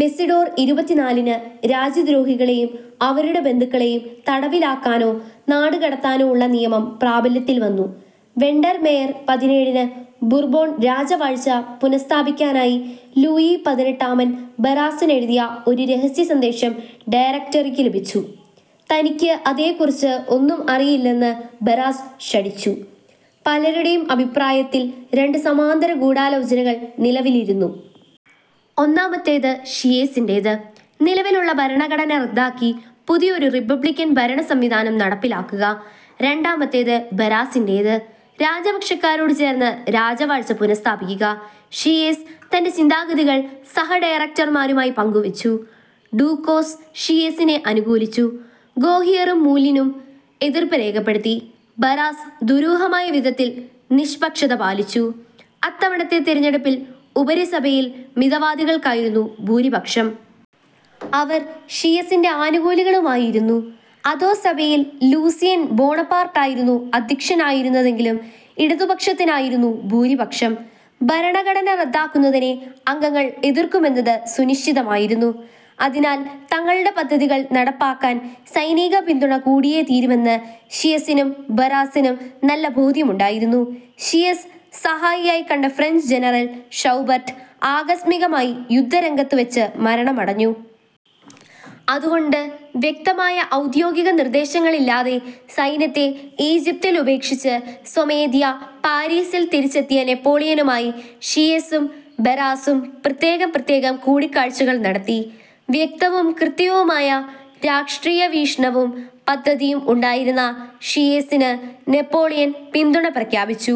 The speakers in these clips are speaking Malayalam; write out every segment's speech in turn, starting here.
മെസിഡോർ ഇരുപത്തിനാലിന് രാജ്യദ്രോഹികളേയും അവരുടെ ബന്ധുക്കളേയും തടവിലാക്കാനോ നാടുകടത്താനോ ഉള്ള നിയമം പ്രാബല്യത്തിൽ വന്നു. വെൻഡർമേർ പതിനേഴിന് ബുർബോൺ രാജവാഴ്ച പുനഃസ്ഥാപിക്കാനായി ലൂയി പതിനെട്ടാമൻ ബറാസിനെഴുതിയ ഒരു രഹസ്യസന്ദേശം ഡയറക്റ്ററിക്കു ലഭിച്ചു. തനിക്ക് അതേക്കുറിച്ച് ഒന്നും അറിയില്ലെന്ന് ബറാസ് ശഠിച്ചു. പലരുടെയും അഭിപ്രായത്തിൽ, രണ്ടു സമാന്തര ഗൂഢാലോചനകൾ നിലവിലിരുന്നു. ഒന്നാമത്തേത് ഷീയെസിന്റേത് നിലവിലുള്ള ഭരണഘടന റദ്ദാക്കി പുതിയൊരു റിപ്പബ്ലിക്കൻ ഭരണസംവിധാനം നടപ്പിലാക്കുക. രണ്ടാമത്തേത് ബറാസിന്റേത് രാജപക്ഷക്കാരോടു ചേർന്ന് രാജവാഴ്ച പുനഃസ്ഥാപിക്കുക. ഷീയെസ് തൻ്റെ ചിന്താഗതികൾ സഹഡയറക്റ്റർമാരുമായി പങ്കുവച്ചു. ഡൂക്കോസ് ഷീയെസിനെ അനുകൂലിച്ചു, ഗോഹിയറും മൂലിനും എതിർപ്പു രേഖപ്പെടുത്തി. ബറാസ് ദുരൂഹമായ വിധത്തിൽ നിഷ്പക്ഷത പാലിച്ചു. അത്തവണത്തെ തിരഞ്ഞെടുപ്പിൽ ഉപരിസഭയിൽ മിതവാദികൾക്കായിരുന്നു ഭൂരിപക്ഷം. അവർ ഷീയെസിൻ്റെ അനുകൂലികളുമായിരുന്നു. അധോസഭയിൽ ലൂസിയൻ ബോണപാർട്ടായിരുന്നു അധ്യക്ഷനായിരുന്നതെങ്കിലും, ഇടതുപക്ഷത്തിനായിരുന്നു ഭൂരിപക്ഷം. ഭരണഘടന റദ്ദാക്കുന്നതിനെ അംഗങ്ങൾ എതിർക്കുമെന്നത് സുനിശ്ചിതമായിരുന്നു. അതിനാൽ തങ്ങളുടെ പദ്ധതികൾ നടപ്പാക്കാൻ സൈനികപിന്തുണ കൂടിയേ തീരൂവെന്ന് ഷീയെസിനും ബറാസിനും നല്ല ബോധ്യമുണ്ടായിരുന്നു. ഷീയെസ് സഹായിയായി കണ്ട ഫ്രഞ്ച് ജനറൽ ഷൗബർട്ട് ആകസ്മികമായി യുദ്ധരംഗത്തുവച്ച് മരണമടഞ്ഞു. അതുകൊണ്ട്, വ്യക്തമായ ഔദ്യോഗിക നിർദ്ദേശങ്ങളില്ലാതെ സൈന്യത്തെ ഈജിപ്തിൽ ഉപേക്ഷിച്ച് സ്വമേധയാ പാരീസിൽ തിരിച്ചെത്തിയ നെപ്പോളിയനുമായി ഷീയെസും ബറാസും പ്രത്യേകം പ്രത്യേകം കൂടിക്കാഴ്ചകൾ നടത്തി. വ്യക്തവും കൃത്യവുമായ രാഷ്ട്രീയവീക്ഷണവും പദ്ധതിയും ഉണ്ടായിരുന്ന ഷീയെസിന് നെപ്പോളിയൻ പിന്തുണ പ്രഖ്യാപിച്ചു.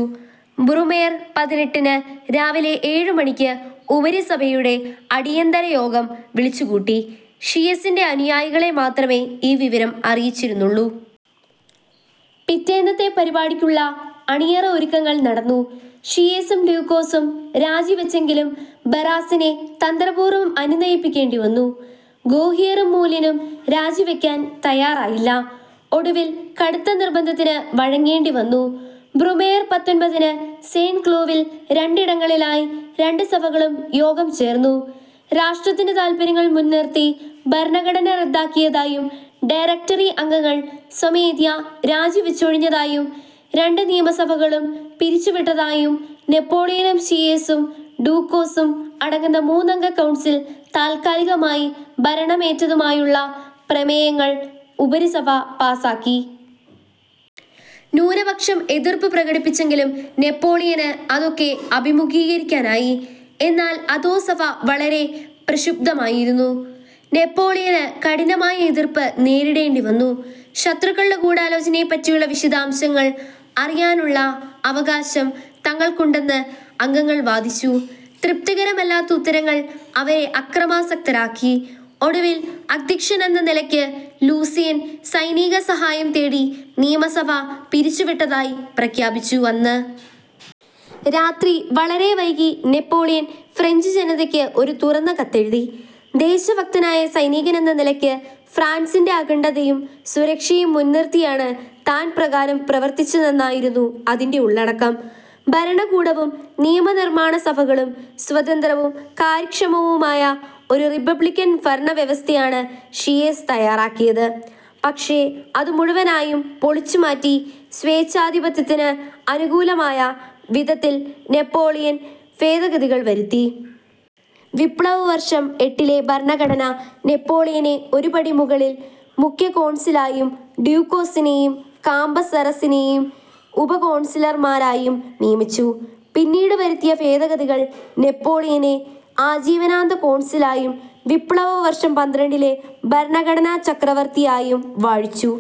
ബ്രൂമേർ പതിനെട്ടിന് രാവിലെ ഏഴുമണിക്ക് ഉപരിസഭയുടെ അടിയന്തരയോഗം വിളിച്ചുകൂട്ടി. ഷീയെസിൻ്റെ അനുയായികളെ മാത്രമേ ഈ വിവരം അറിയിച്ചിരുന്നുള്ളൂ. പിറ്റേന്നത്തെ പരിപാടികൾക്കുള്ള അണിയറ ഒരുക്കങ്ങൾ നടന്നു. ഷീയെസും ഡൂക്കോസും രാജിവച്ചെങ്കിലും, ബറാസിനെ തന്ത്രപൂർവം അനുനയിപ്പിക്കേണ്ടിവന്നു. ഗോഹിയറും മൂലിനും രാജിവയ്ക്കാൻ തയ്യാറായില്ല. ഒടുവിൽ കടുത്ത നിർബന്ധത്തിനു വഴങ്ങേണ്ടിവന്നു. ബ്രൂമേർ പത്തൊൻപതിന് സെയ്ന്റ്ക്ലൂ വിൽ രണ്ടിടങ്ങളിലായി രണ്ടു സഭകളും യോഗം ചേർന്നു. രാഷ്ട്രത്തിൻ്റെ താത്പര്യങ്ങൾ മുൻനിർത്തി ഭരണഘടന റദ്ദാക്കിയതായും, ഡയറക്റ്ററി അംഗങ്ങൾ സ്വമേധയാ രാജിവച്ചൊഴിഞ്ഞതായും, രണ്ടു നിയമസഭകളും പിരിച്ചുവിട്ടതായും, നെപ്പോളിയനും ഷീയെസും ഡൂക്കോസും അടങ്ങുന്ന മൂന്നംഗ കൗൺസിൽ താത്കാലികമായി ഭരണമേറ്റതായുമുള്ള പ്രമേയങ്ങൾ ഉപരിസഭ പാസാക്കി. ന്യൂനപക്ഷം എതിർപ്പു പ്രകടിപ്പിച്ചെങ്കിലും, നെപ്പോളിയന് അതൊക്കെ അഭിമുഖീകരിക്കാനായി. എന്നാൽ അധോസഭ വളരെ പ്രക്ഷുബ്ധമായിരുന്നു. നെപ്പോളിയന് കഠിനമായ എതിർപ്പ് നേരിടേണ്ടിവന്നു. ശത്രുക്കളുടെ ഗൂഢാലോചനയെപ്പറ്റിയുള്ള വിശദാംശങ്ങൾ അറിയാനുള്ള അവകാശം തങ്ങൾക്കുണ്ടെന്ന് അംഗങ്ങൾ വാദിച്ചു. തൃപ്തികരമല്ലാത്ത ഉത്തരങ്ങൾ അവരെ അക്രമാസക്തരാക്കി. ഒടുവിൽ, അധ്യക്ഷനെന്ന നിലയ്ക്ക് ലൂസിയൻ സൈനികസഹായം തേടി നിയമസഭ പിരിച്ചുവിട്ടതായി പ്രഖ്യാപിച്ചു. അന്ന് രാത്രി വളരെ വൈകി നെപ്പോളിയൻ ഫ്രഞ്ചുജനതയ്ക്ക് ഒരു തുറന്ന കത്തെഴുതി. ദേശഭക്തനായ സൈനികനെന്ന നിലയ്ക്ക് ഫ്രാൻസിൻ്റെ അഖണ്ഡതയും സുരക്ഷയും മുൻനിർത്തിയാണ് താൻപ്രകാരം പ്രവർത്തിച്ചതെന്നായിരുന്നു അതിൻ്റെ ഉള്ളടക്കം. ഭരണകൂടവും നിയമനിർമ്മാണസഭകളും സ്വതന്ത്രവും കാര്യക്ഷമവുമായ ഒരു റിപ്പബ്ലിക്കൻ ഭരണവ്യവസ്ഥയാണ് ഷീയെസ് തയ്യാറാക്കിയത്. പക്ഷേ, അത് മുഴുവനായും പൊളിച്ചുമാറ്റി, സ്വേച്ഛാധിപത്യത്തിന് അനുകൂലമായ വിധത്തിൽ നെപ്പോളിയൻ ഭേദഗതികൾ വരുത്തി. വിപ്ലവവർഷം എട്ടിലെ ഭരണഘടന നെപ്പോളിയനെ ഒരു പടി മുകളിൽ മുഖ്യ കോൺസിലായും, ഡൂക്കോസിനെയും കാംബസറസിനെയും ഉപകോൺസിലർമാരായും നിയമിച്ചു. പിന്നീട് വരുത്തിയ ഭേദഗതികൾ നെപ്പോളിയനെ ആജീവനാന്ത കോൺസിലായും, വിപ്ലവവർഷം പന്ത്രണ്ടിലെ ഭരണഘടന ചക്രവർത്തിയായും വാഴിച്ചു.